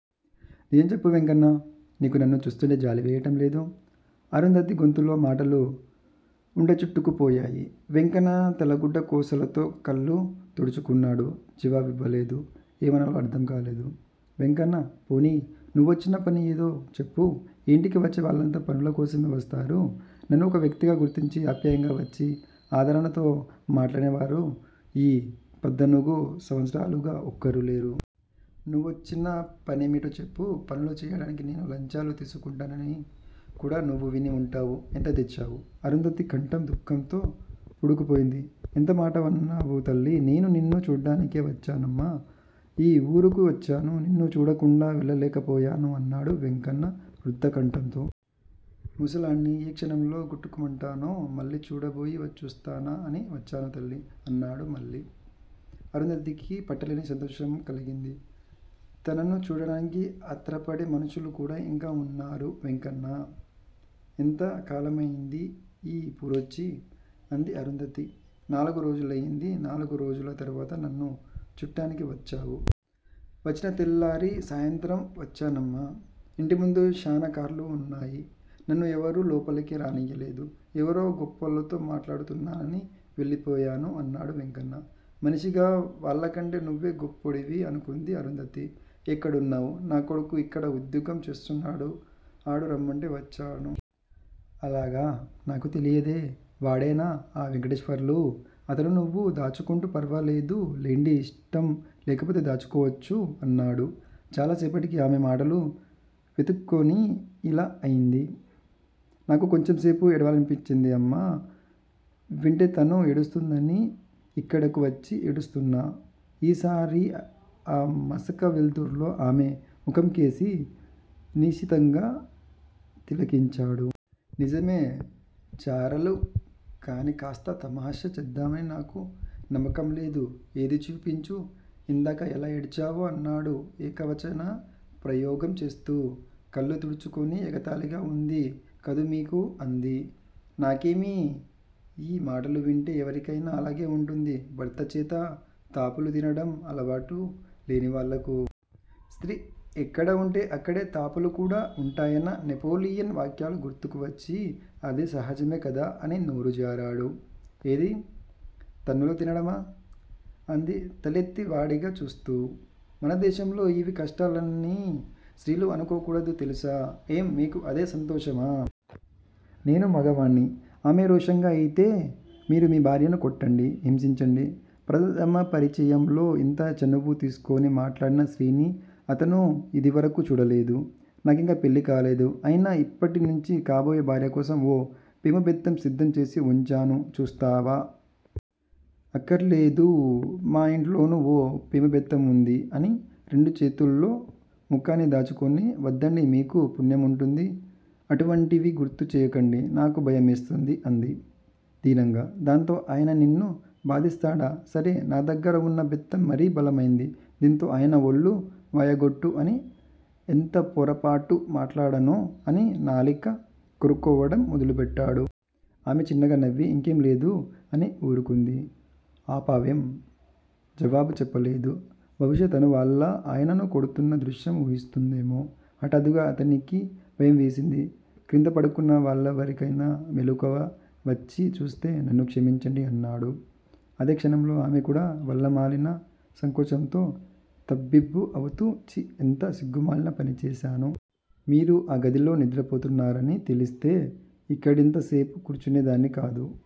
నిజం చెప్పు వెంకన్నా! నీకు నన్ను చూస్తూంటే జాలి వెయ్యటంలేదూ? అరుంధతి గొంతులో మాటలు ఉండచుట్టుకుపోయాయి. వెంకన్న తలగుడ్డ కొసలతో కళ్ళు తుడుచుకున్నాడు. జవాబివ్వలేదు. ఏమనాలో అర్ధంకాలేదు. వెంకన్నా! పోనియ్. నువ్వొచ్చిన పని ఏదో చెప్పు. ఈ ఇంటికి వచ్చేవాళ్ళంతా పనులకోసమే వస్తారు. నన్ను ఒక వ్యక్తిగా గుర్తించి, ఆప్యాయంగా వచ్చి ఆదరణతో మాట్లాడినవారు ఈ పద్దానుగు సంవత్సరాలుగా ఒక్కరూ లేరు. నువ్వొచ్చిన పనేమిటో చెప్పు. పనులు చెయ్యటానికి నేను లంచాలు తీసుకుంటానని కూడా నువ్వు విని ఉంటావు. ఎంత తెచ్చావు? అరుంధతి కంఠం దుఃఖంతో పూడుకుపోయింది. ఎంత మాటన్నావు తల్లీ! నేను నిన్ను చూట్టానికే వచ్చానమ్మా! ఈ వూరుకు వచ్చాను. నిన్ను చూడకుండా వెళ్ళలేకపోయాను అన్నాడు వెంకన్న రుద్ధకంఠంతో. ముసలాడ్ని! ఏ క్షణంలో గుటుక్కుమంటానో. మళ్ళీ చూడబోయి చూస్తానా అని వచ్చాను తల్లీ! అన్నాడు మళ్ళీ. అరుంధతికి పట్టలేని సంతోషం కలిగింది. తనను చూడాలని ఆత్రపడే మనుష్యులు కూడా ఇంకా ఉన్నారు! వెంకన్నా! ఎంత కాలమయింది ఈ వూరొచ్చి? అంది అరుంధతి. నాలుగు రోజులయింది. నాలుగు రోజుల తరవాతా నన్ను చూట్టానికి వచ్చావు? వచ్చిన తెల్లారీ, సాయంత్రం వచ్చానమ్మా! ఇంటిముందు శానా కార్లు ఉన్నాయి. నన్ను ఎవరూ లోపలకు రానియ్యలేదు. ఎవరో గొప్పోళ్ళతో మాట్లాడుతున్నావని వెళ్ళిపోయాను అన్నాడు వెంకన్న. మనిషిగా వాళ్ళకంటే నువ్వే గొప్పోడివి అనుకుంది అరుంధతి. ఎక్కడున్నావు? నా కొడుకు ఇక్కడ ఉద్యోగం చేస్తున్నాడు. ఆడు రమ్మంటే వచ్చాను. అలాగా! నాకు తెలియదే? వాడేనా ఆ వెంకటేశ్వర్లు? అతను నవ్వు దాచుకుంటూ ఫర్వాలేదు లెండి ఇష్టం లేకపోతే దాచుకోవచ్చు అన్నాడు. చాలా సేపటికి ఆమె మాటలు వెతుక్కుని యిలా అంది. నాకు కొంచెంసేపు ఏడవాలనిపించింది. అమ్మ వింటే తనూ ఏడుస్తుందని యిక్కడకు వచ్చి ఏడుస్తున్నా. ఈసారి ఆ మసక వెల్తుర్లో ఆమె ముఖంకేసి నిశితంగా తిలకించాడు. నిజమే! చారలు కానీ కాస్త తమాషా చేద్దామని నాకు నమ్మకంలేదు. ఏదీ చూపించు, ఇందాక ఎలా ఏడ్చావో అన్నాడు ఏకవచన ప్రయోగం చేస్తూ. కళ్ళు తుడుచుకుని ఎగతాళిగా వుంది కదూ మీకు? అంది. నాకేమిటి, యీ మాటలు వింటే ఎవరికైనా అలాగే వుంటుంది. భర్తచేత తాపులు తినటం అలవాటు లేనివాళ్ళకు. స్త్రీ ఎక్కడవుంటే అక్కడే తాపులు కూడా వుంటాయన్న నెపోలియన్ వాక్యాలు గుర్తుకు వచ్చి అది సహజమే కదా? అని నోరు జారాడు. ఏదీ? తన్నులు తినడమా? అంది తలెత్తి వాడిగా చూస్తూ. మన దేశంలో యివి కష్టాలని స్త్రీలు అనుకోకూడదు తెలుసా? ఏం? మీకూ అదే సంతోషమా? నేను మగవాడ్ని. ఆమె రోషంగా అయితే మీరు మీ భార్యను కొట్టండి, హింసించండి. ప్రధమ పరిచయంలో యింత చనువు తీస్కుని మాట్లాడిన స్త్రీని అతను యిదివరకు చూడలేదు. నాకింకా పెళ్ళికాలేదు. అయినా యిప్పటి నుంచీ కాబోయే భార్యకోసం ఓ పేముబెత్తం సిద్దం చేసి వుంచాను. చూస్తావా? అక్కర్లేదు. మా యింట్లోనూ ఓ పేముబెత్తం వుంది అని, రెండు చేతుల్తో ముఖాన్ని దాచుకుని వద్దండీ, మీకు పుణ్యముంటుంది. అటువంటివి గుర్తు చేయకండి. నాకు భయమేస్తుంది. అంది దీనంగా. దాంతో ఆయన నిన్ను బాధిస్తాడా? సరే. నా దగ్గరవున్న బెత్తం మరీ బలమైంది. దీంతో ఆయన ఒళ్ళు వాయగొట్టు అని ఎంత పొరపాటు మాట్లాడానూ అని నాలిక కొరుక్కోవటం మొదలుపెట్టాడు. ఆమె చిన్నగా నవ్వి ఇంకేం లేదు అని ఊరుకుంది. ఆపావేం? జవాబు చెప్పలేదు. బహుశా తను వాళ్ళ ఆయనను కొడుతూన్న దృశ్యం ఊహిస్తోందేమో హఠాత్తుగా అతనికి భయంవేసింది క్రింద పడుకున్న వాళ్ళెవరికైనా మెలకువ వచ్చి చూస్తే? నన్ను క్షమించండి అన్నాడు. అదే క్షణంలో ఆమె కూడా వల్లమాలిన సంకోచంతో తబ్బిబ్బు అవుతూ ఛీ ఎంత సిగ్గుమాలిన పనిచేశాను? మీరు ఆ గదిలో నిద్రపోతున్నారని తెలిస్తే యిక్కడింత సేపు కూర్చునే దాన్ని కాదు.